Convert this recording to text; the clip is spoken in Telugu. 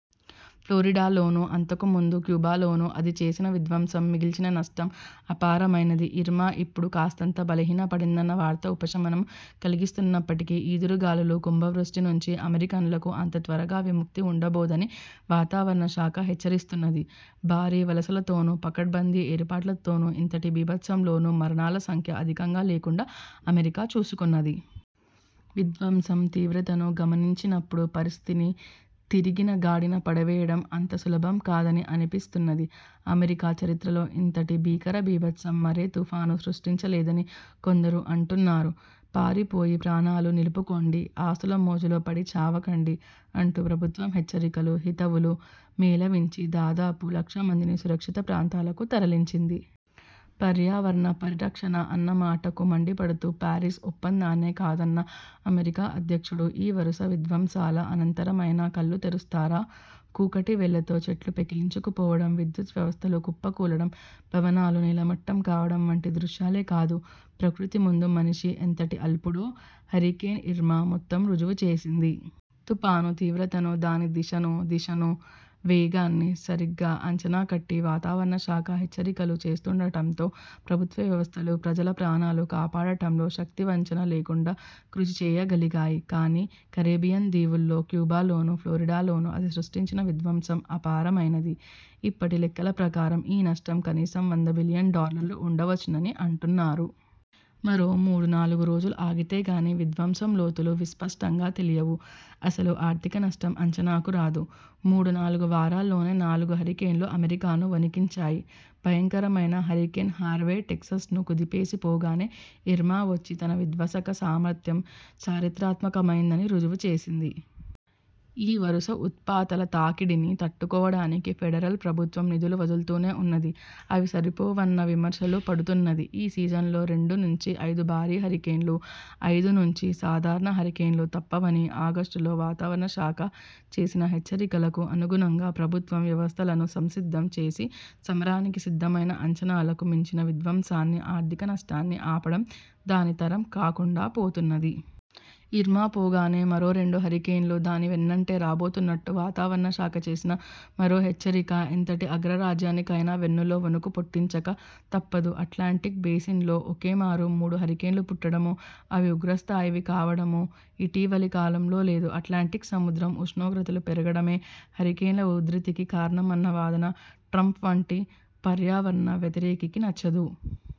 ఫ్లోరిడాలోనూ, అంతకుముందు క్యూబాలోనూ అది చేసిన విధ్వంసం, మిగల్చిన నష్టం అపారమైనది. ఇర్మా ఇప్పుడు కాస్తంత బలహీనపడిందన్న వార్త ఉపశమనం కలిగిస్తున్నప్పటికీ, ఈదురు గాలులూ, కుంభవృష్టినుంచి అమెరికన్లకు అంత త్వరగా విముక్తి ఉండబోదని వాతావరణశాఖ హెచ్చరిస్తున్నది. భారీవలసలతోనూ, పకడ్బందీ ఏర్పాట్లతోనూ ఇంతటి బీభత్సంలోనూ మరణాల సంఖ్య అధికంగా లేకుండా అమెరికా చూసుకున్నది. విధ్వంసం తీవ్రతను గమనించినప్పుడు పరిస్థితిని తిరిగి గాడిన పడవేయడం అంత సులభం కాదని అనిపిస్తున్నది. అమెరికా చరిత్రలో ఇంతటి భీకరబీభత్సం మరే తుఫానూ సృష్టించలేదని కొందరు అంటున్నారు. పారిపోయి ప్రాణాలు నిలుపుకోండి, ఆస్తుల మోజులో పడి చావకండి అంటూ ప్రభుత్వం హెచ్చరికలు, హితవులు మేళవించి దాదాపు లక్షల మందిని సురక్షిత ప్రాంతాలకు తరలించింది. పర్యావరణ పరిరక్షణ అన్న మాటకు మండిపడుతూ, పారిస్ ఒప్పందాన్నే కాదన్న అమెరికా అధ్యక్షుడు ఈ వరుస విధ్వంసాల అనంతరమైనా కళ్ళు తెరుస్తారా? కూకటివేళ్ళతో చెట్లు పెకిలించుకుపోవడం, విద్యుత్ వ్యవస్థలు కుప్పకూలడం, భవనాలు నేలమట్టం కావడం వంటి దృశ్యాలే కాదు, ప్రకృతి ముందు మనిషి ఎంతటి అల్పుడో హరికేన్ ఇర్మా మొత్తంగా రుజువుచేసింది. తుపాను తీవ్రతను, దాని దశనూ దిశనూ వేగాన్నీ సరిగా అంచనాకట్టి వాతావరణశాఖ హెచ్చరికలు చేస్తుండటంతో ప్రభుత్వ వ్యవస్థలు ప్రజల ప్రాణాలు కాపాడటంలో శక్తివంచన లేకుండా కృషిచేయగలిగాయి. కానీ, కరేబియన్ దీవుల్లోనూ, క్యూబాలోనూ, ఫ్లోరిడాలోనూ అది సృష్టించిన విధ్వంసం అపారమైనది. ఇప్పటి లెక్కల ప్రకారం ఈ నష్టం కనీసం వంద బిలియన్ డాలర్లు ఉండవచ్చునని అంటున్నారు. మరో మూడునాలుగు రోజులు ఆగితే కానీ విధ్వంసం లోతులు విస్పష్టంగా తెలియవు, అసలు ఆర్థిక నష్టం అంచనాకు రాదు. మూడునాలుగు వారాల్లోనే నాలుగు హరికేన్లు అమెరికాను వొణికించాయి. భయంకరమైన హరికేన్ హార్వే టెక్సాస్ను కుదిపేసి పోగానే ఇర్మా వచ్చి తన విధ్వసక సామర్థ్యం చరిత్రాత్మకమైనదని రుజువుచేసింది. ఈ వరుస ఉత్పాతాల తాకిడిని తట్టుకోవడానికి ఫెడరల్ ప్రభుత్వం నిధులు వదులుతూనే ఉన్నది. అవి సరిపోవన్న విమర్శలూ పడుతున్నది. ఈ సీజన్లో రెండు నుంచి ఐదు భారీ హరికేన్లు, ఐదునుంచి సాధారణ హరికేన్లు తప్పవని ఆగస్టులో వాతావరణశాఖ చేసిన హెచ్చరికలకు అనుగుణంగా ప్రభుత్వం వ్యవస్థలను సంసిద్ధం చేసి సమరానికి సిద్ధమైనా, అంచనాలకు మించిన విధ్వంసాన్నీ, ఆర్థికనష్టాన్నీ ఆపడం దాని తరం కాకుండాపోతున్నది. ఇర్మా పోగానే మరో రెండు హరికేన్లు దానివెన్నంటే రాబోతున్నట్టు వాతావరణశాఖ చేసిన మరో హెచ్చరిక ఎంతటి అగ్రరాజ్యానికైనా వెన్నులో వొణుకుపుట్టించక తప్పదు. అట్లాంటిక్ బేసిన్లో ఒకేమారు మూడు హరికేన్లు పుట్టడం, అవి ఉగ్రస్థాయివి కావడం ఇటీవలి కాలంలో లేదు. అట్లాంటిక్ సముద్రం ఉష్ణోగ్రతలు పెరగడమే హరికేన్ల ఉధృతికి కారణమన్న వాదన ట్రంప్ వంటి పర్యావరణ వ్యతిరేకికి నచ్చదు.